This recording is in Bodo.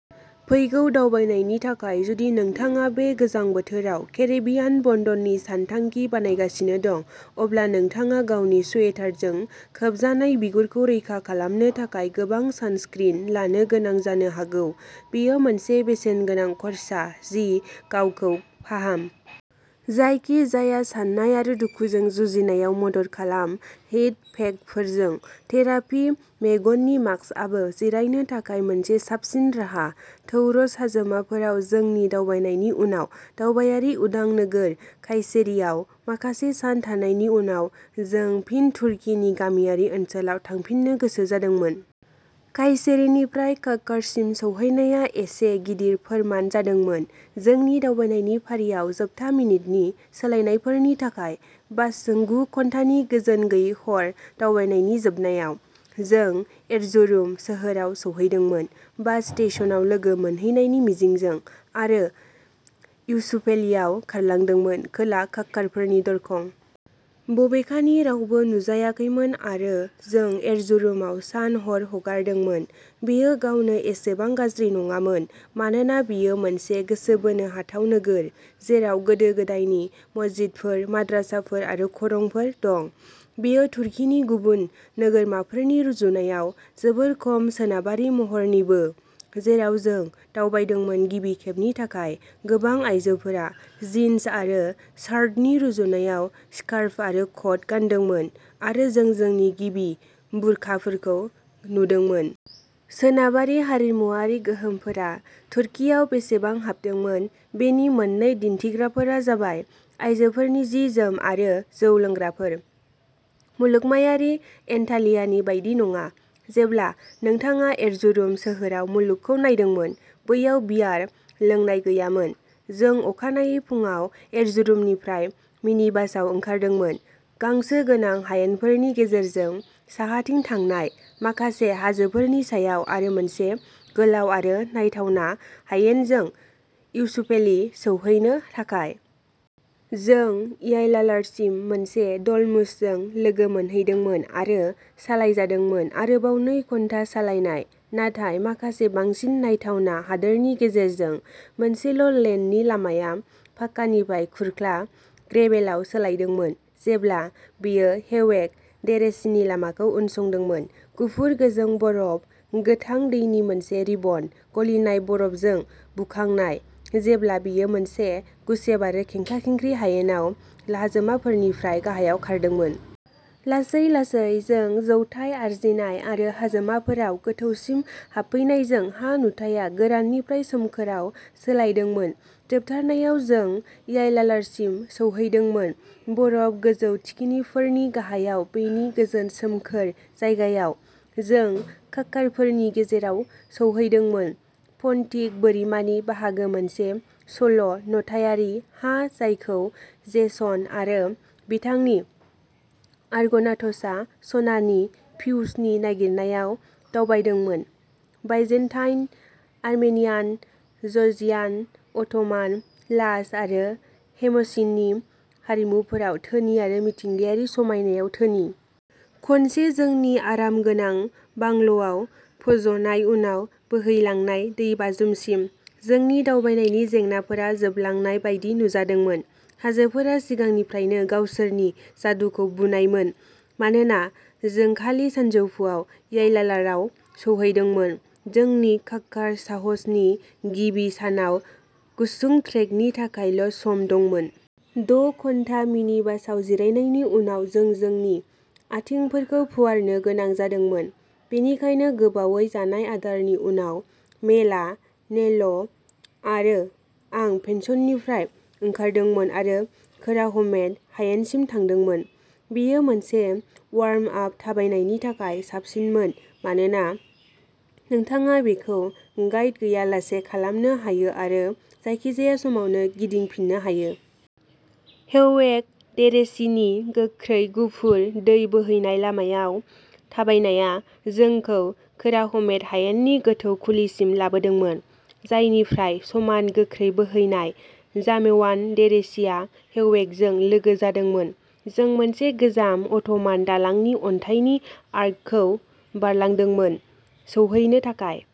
फैगौ दावबायनायनि थाखाय जुदि नोंथाङा बे गोजां बोथोराव केरिबियान बन्द'नि सानथांखि बानायगासिनो दं, अब्ला नोंथाङा गावनि स्वेटारजों खोबजानाय बिगुरखौ रैखा खालामनो थाखाय गोबां सानस्क्रिन लानो गोनां जानो हागौ। बेयो मोनसे बेसेनगोनां खर्सा। जि गावखौ फाहाम। जायखिजाया सानाय आरो दुखुजों जुजिनायाव मदद खालाम हिट पेकफोरजों। थेरापि मेगननि मास्कआबो जिरायनो थाखाय मोनसे साबसिन राहा। टौरस हाजोमाफोराव जोंनि दावबायनायनि उनाव दावबायारि उदां नोगोर कायसेरीआव माखासे सान थानायनि उनाव, जों फिन तुर्कीनि गामियारि ओनसोलाव थांफिननो गोसो जादोंमोन। कायसेरीनिफ्राय काकार्ससिम सौहैनाया एसे गिदिर फोरमान जादोंमोन, जोंनि दावबायनायनि फारियाव जोबथा मिनिटनि सोलायनायफोरनि थाखाय। बासजों गु घन्टानि गोजोन गैयै हर दावबायनायनि जोबनायाव, जों एरजुरुम सोहोराव सौहैदोंमोन, बास स्टेशनआव लोगो मोनहैनायनि मिजिंजों। आरो इउसुफेलिआव खारलांदोंमोन, खोला काक्कारफोरनि दरखं। बबेखानि, रावबो नुजायाखैमोन आरो जों एरजुरुमाव सान-हर हगारदोंमोन। बेयो गावनो एसेबां गाज्रि नङामोन, मानोना बेयो मोनसे गोसो बोनो हाथाव नोगोर, जेराव गोदो-गोदायनि मस्जिदफोर, माद्रासाफोर आरो खरंफोर दं। बेयो तुर्कीनि गुबुन नोगोरमाफोरनि रुजुनायाव जोबोद खम सोनाबारि महरनिबो, जेराव जों दावबायदोंमोन-गिबि खेबनि थाखाय गोबां आयजोफोरा जिन्स आरो शार्टनि रुजुनायाव स्कार्फ आरो कट गानदोंमोन, आरो जों जोंनि गिबि बुरखाफोरखौ नुदोंमोन। सोनाबारि हारिमुआरि गोहोमफोरा तुर्कीआव बेसेबां हाबदोंमोन बेनि मोननै दिन्थिग्राफोरा जाबाय आयजोफोरनि जि-जोम आरो जौ लोंग्राफोर-मुलुगमायारि एन्टालियानि बायदि नङा, जेब्ला नोंथाङा एरजुरुम सोहोराव मुलुगखौ नायदोंमोन, बैयाव बियार लोंनाय गैयामोन। जों अखानायै फुंआव एरजुरुमनिफ्राय मिनिबासआव ओंखारदोंमोन, गांसो गोनां हायेनफोरनि गेजेरजों साहाथिं थांनाय, माखासे हाजोफोरनि सायाव आरो मोनसे गोलाव आरो नायथावना हायेनजों इउसुफेलि सौहैनो थाखाय। जों यायलालारसिम मोनसे डल्मुसजों लोगो मोनहैदोंमोन आरो सालायजादोंमोन आरोबाव नै घन्टा सालायनाय, नाथाय माखासे बांसिन नायथावना हादोरनि गेजेरजों। मोनसेल' लेननि लामाया पाकानिफ्राय खुरख्ला ग्रेभेलआव सोलायदोंमोन जेब्ला बेयो हेवेक डेरेसिनि लामाखौ उनसंदोंमोन, गुफुर-गोजों बरफ गोथां दैनि मोनसे रिबन, गलिनाय बरफजों बुखांनाय, जेब्ला बेयो मोनसे गुसेब आरो खेंख्रा-खेंख्रि हायेनआव हाजोमाफोरनिफ्राय गाहायाव खारदोंमोन। लासै-लासै, जों जौथाय आरजिनाय आरो हाजोमाफोराव गोथौसिम हाबफैनायजों हा नुथाया गोराननिफ्राय सोमखोरआव सोलायदोंमोन, जोबथारनायाव जों यायलालारसिम सौहैदोंमोन, बरफ गोजौ थिखिनिफोरनि गाहायाव बेनि गोजोन सोमखोर जायगायाव। जों काक्कारफोरनि गेजेराव सौहैदोंमोन, पन्टिक बोरिमानि बाहागो मोनसे सल' नथायारि हा जायखौ जेसन आरो बिथांनि आर्ग'नाट्सआ सनानि फिउसनि नागिरनायाव दावबायदोंमोन, बाइजेन्टाइन, आर्मेनियान, जर्जियान, अट'मान, लाज आरो हेमसिननि हारिमुफोराव धोनि आरो मिथिंगायारि समायनायाव धोनि। खनसे जोंनि आरामगोनां बांल'आव फज'नाय उनाव बोहैलांनाय दैबाज्रुमसिम, जोंनि दावबायनायनि जेंनाफोरा जोबलांनाय बायदि नुजादोंमोन। हाजोफोरा सिगांनिफ्रायनो गावसोरनि जादुखौ बुनायमोन। मानोना जों खालि सानजौफुआव यायलालारआव सौहैदोंमोन, जोंनि काक्कार साहसनि गिबि सानाव गुसुं ट्रेकनि थाखायल'सम दंमोन। द' घन्टा मिनिबासआव जिरायनायनि उनाव जों जोंनि आथिंफोरखौ फुवारनो गोनां जादोंमोन, बेनिखायनो गोबावै जानाय आदारनि उनाव मेला नेल्ल' आरो आं पेन्सननिफ्राय ओंखारदोंमोन आरो कोराहमेट हायेनसिम थांदोंमोन। बेयो मोनसे वार्म आप थाबायनायनि थाखाय साबसिनमोन मानोना नोंथाङा बेखौ गाइड गैयालासे खालामनो हायो आरो जायखिजाया समावनो गिदिंफिन्नो हायो। हेवेक डेरेसिनि गोख्रै गुफुर दै बोहैनाय लामायाव थाबायनायआ जोंखौ कोराहमेट हायेननि गोथौ खुलिसिम लाबोदोंमोन, जायनिफ्राय समान गोख्रै बोहैनाय जामेवान डेरेसिआ हेवेकजों लोगो जादोंमोन। जों मोनसे गोजाम अट'मान दालांनि अन्थाइनि आर्कखौ बारलांदोंमोन सौहैनो थाखाय।